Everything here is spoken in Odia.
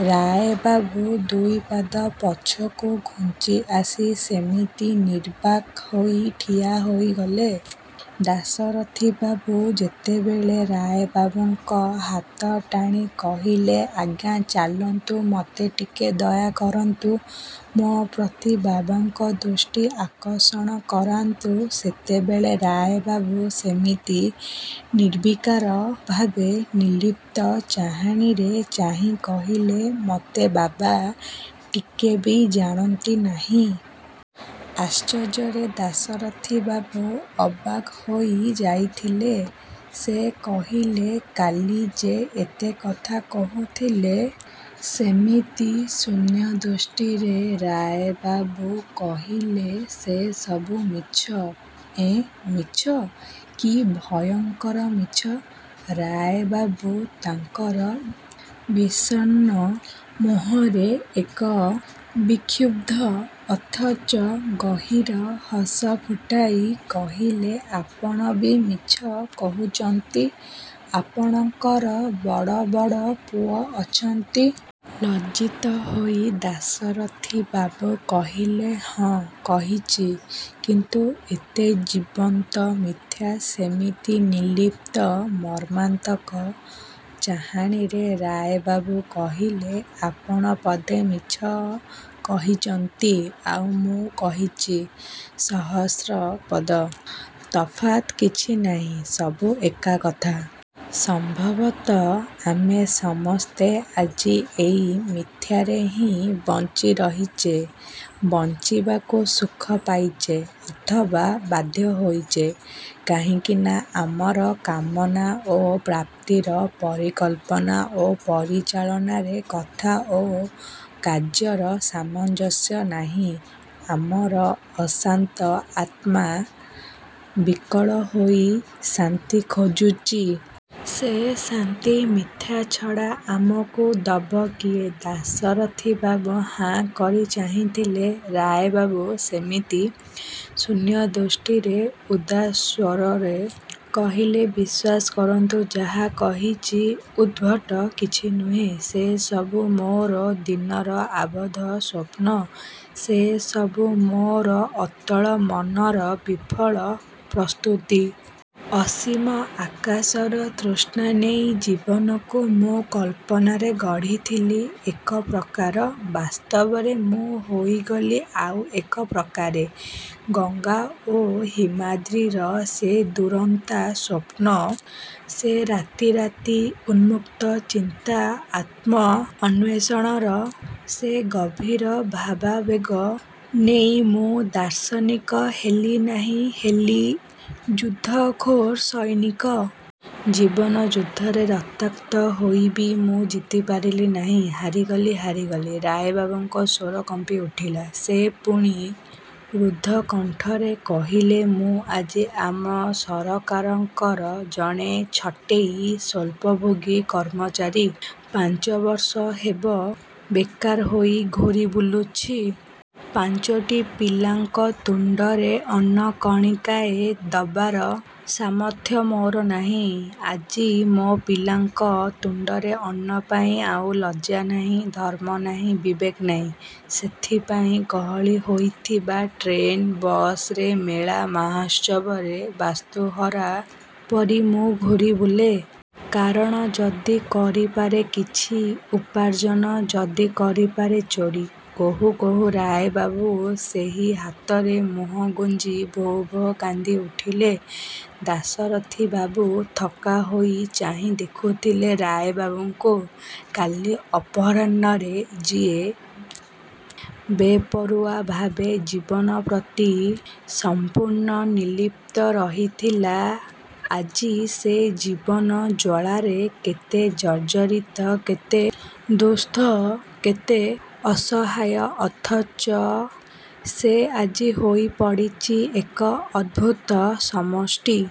ରାୟ ବାବୁ ଦୁଇ ପାଦ ପଛକୁ ଘୁଞ୍ଚି ଆସି ସେମିତି ନିର୍ବାକ ହୋଇ ଠିଆ ହୋଇଗଲେ। ଦାଶରଥି ବାବୁ ଯେତେବେଳେ ରାୟ ବାବୁଙ୍କ ହାତ ଟାଣି କହିଲେ ଆଜ୍ଞା ଚାଲନ୍ତୁ, ମତେ ଟିକେ ଦୟା କରନ୍ତୁ, ମୋ ପ୍ରତି ବାବାଙ୍କ ଦୃଷ୍ଟି ଆକର୍ଷଣ କରାନ୍ତୁ। ସେତେବେଳେ ରାୟ ବାବୁ ସେମିତି ନିର୍ବିକାର ଭାବେ, ନୀର୍ଲିପ୍ତ ଚାହାଣୀରେ ଚାହିଁ କହିଲେ ମୋତେ ବାବା ଟିକେ ବି ଜାଣନ୍ତି ନାହିଁ। ଆଶ୍ଚର୍ଯ୍ୟରେ ଦାଶରଥି ବାବୁ ଅବାକ୍ ହୋଇ ଯାଇଥିଲେ, ସେ କହିଲେ କାଲି ଯେ ଏତେ କଥା କହୁଥିଲେ। ସେମିତି ଶୂନ୍ୟଦୃଷ୍ଟିରେ ରାୟ ବାବୁ କହିଲେ ସେ ସବୁ ମିଛ । ଏଁ ମିଛ? କି ଭୟଙ୍କର ମିଛ। ରାୟ ବାବୁ ତାଙ୍କର ବିଷଣ୍ଣ ମୁହଁରେ ଏକ ବିକ୍ଷୁବ୍ଧ, ଅଥଚ ଗହୀର ହସ ଫୁଟାଇ କହିଲେ ଆପଣ ବି ମିଛ କହୁଚନ୍ତି ଆପଣଙ୍କର ବଡ଼ ବଡ଼ ପୁଅ ଅଛନ୍ତି। ଲଜ୍ଜିତ ହୋଇ ଦାଶରଥି ବାବୁ କହିଲେ ହଁ, କହିଛି କିନ୍ତୁ ଏତେ ଜୀବନ୍ତ ମିଥ୍ୟା ସେମିତି ନିଲିପ୍ତ, ମର୍ମାନ୍ତକ ଚାହାଣୀରେ ରାୟ ବାବୁ କହିଲେ, ଆପଣ ପଦେ ମିଛ କହିଚନ୍ତି ଆଉ ମୁଁ କହିଚି ସହସ୍ର ପଦ। ତଫାତ୍ କିଛି ନାଇଁ, ସବୁ ଏକା କଥା। ସମ୍ଭବତଃ ଆମେ ସମସ୍ତେ ଆଜି ଏଇ ମିଥ୍ୟାରେ ହିଁ ବଞ୍ଚି ରହିଚେ। ବଞ୍ଚିବାକୁ ସୁଖ ପାଇଚେ ଅଥବା ବାଧ୍ୟ ହୋଇଚେ। କାହିଁକି ନା ଆମର କାମନା ଓ ପ୍ରାପ୍ତିର, ପରିକଳ୍ପନା ଓ ପରିଚାଳନାରେ, କଥା ଓ କାର୍ଯ୍ୟର ସାମଞ୍ଜସ୍ୟ ନାହିଁ। ଆମର ଅଶାନ୍ତ ଆତ୍ମା ବିକଳ ହୋଇ ଶାନ୍ତି ଖୋଜୁଚି। ସେ ଶାନ୍ତି ମିଥ୍ୟା ଛଡ଼ା ଆମକୁ ଦବ କିଏ? ଦାଶରଥି ବାବୁ ହାଁ କରି ଚାହିଁ ଥିଲେ, ରାୟ ବାବୁ ସେମିତି ଶୂନ୍ୟ ଦୃଷ୍ଟିରେ ଉଦାସ ସ୍ୱରରେ କହିଲେ ବିଶ୍ୱାସ କରନ୍ତୁ, ଯାହା କହିଛି ଉଦ୍ଭଟ କିଛି ନୁହେଁ। ସେ ସବୁ ମୋର ଦିନର ଆବଦ୍ଧ ସ୍ୱପ୍ନ, ସେ ସବୁ ମୋର ଅତଳ ମନର ବିଫଳ ପ୍ରସ୍ତୁତି। ଅସୀମ ଆକାଶର ତୃଷ୍ଣା ନେଇ ଜୀବନକୁ ମୁଁ କଳ୍ପନାରେ ଗଢ଼ିଥିଲି ଏକ ପ୍ରକାର, ବାସ୍ତବରେ ମୁଁ ହୋଇଗଲି ଆଉ ଏକ ପ୍ରକାରେ। ଗଙ୍ଗା ଓ ହିମାଦ୍ରୀର ସେ ଦୁରନ୍ତା ସ୍ୱପ୍ନ, ସେ ରାତି ରାତି ଉନ୍ମୁକ୍ତ ଚିନ୍ତା, ଆତ୍ମ ଅନ୍ୱେଷଣର ସେ ଗଭୀର ଭାବାବେଗ ନେଇ ମୁଁ ଦାର୍ଶନିକ ହେଲି ନାହିଁ, ହେଲି ଯୁଦ୍ଧଖୋର ସୈନିକ। ଜୀବନ ଯୁଦ୍ଧରେ ରକ୍ତାକ୍ତ ହୋଇ ବି ମୁଁ ଜିତି ପାରିଲି ନାହିଁ। ହାରି ଗଲି, ହାରି ଗଲି ରାୟ ବାବୁଙ୍କ ସ୍ୱର କମ୍ପି ଉଠିଲା । ସେ ପୁଣି ରୁଦ୍ଧକଣ୍ଠରେ କହିଲେ ମୁଁ ଆଜି ଆମ ସରକାରଙ୍କର ଜଣେ ଛଟେଇ ସ୍ଵଳ୍ପଭୋଗୀ କର୍ମଚାରୀ । ପାଞ୍ଚବର୍ଷ ହେବ ବେକାର ହୋଇ ଘୂରି ବୁଲୁଛି । ପାଞ୍ଚଟି ପିଲାଙ୍କ ତୁଣ୍ଡରେ ଅନ୍ନ କଣିକାଏ ଦବାର ସାମର୍ଥ୍ୟ ମୋର ନାହିଁ । ଆଜି ମୋ ପିଲାଙ୍କ ତୁଣ୍ଡରେ ଅନ୍ନପାଇଁ ଆଉ ଲଜ୍ଜା ନାହିଁ, ଧର୍ମ ନାହିଁ, ବିବେକ ନାହିଁ । ସେଥିପାଇଁ ଗହଳି ହୋଇଥିବା ଟ୍ରେନ ବସରେ, ମେଳା ମହାତ୍ସବରେ ବାସ୍ତୁହରା ପରି ମୁଁ ଘୁରିବୁଲେ। କାରଣ ଯଦି କରିପାରେ କିଛି ଉପାର୍ଜନ, ଯଦି କରିପାରେ ଚୋରୀ, କହୁ କହୁ ରାୟ ବାବୁ ସେଇ ହାତରେ ମୁହଁ ଗୁଞ୍ଜି ଭୋ ଭୋ କାନ୍ଦି ଉଠିଲେ। ଦାଶରଥୀ ବାବୁ ଥକ୍କା ହୋଇ ଚାହିଁ ଦେଖୁଥିଲେ ରାୟ ବାବୁଙ୍କୁ। କାଲି ଅପରାହ୍ନରେ ଯିଏ ବେପରୁଆ ଭାବେ, ଜୀବନ ପ୍ରତି ସମ୍ପୂର୍ଣ୍ଣ ନିର୍ଲିପ୍ତ ରହିଥିଲା ଆଜି ସେ ଜୀବନ ଜ୍ୱାଳାରେ କେତେ ଜର୍ଜରିତ, କେତେ ଦୁଃସ୍ଥ, କେତେ ଅସହାୟ ଅଥଚ ସେ ଆଜି ହୋଇ ପଡ଼ିଛି ଏକ ଅଦ୍ଭୁତ ସମଷ୍ଟି।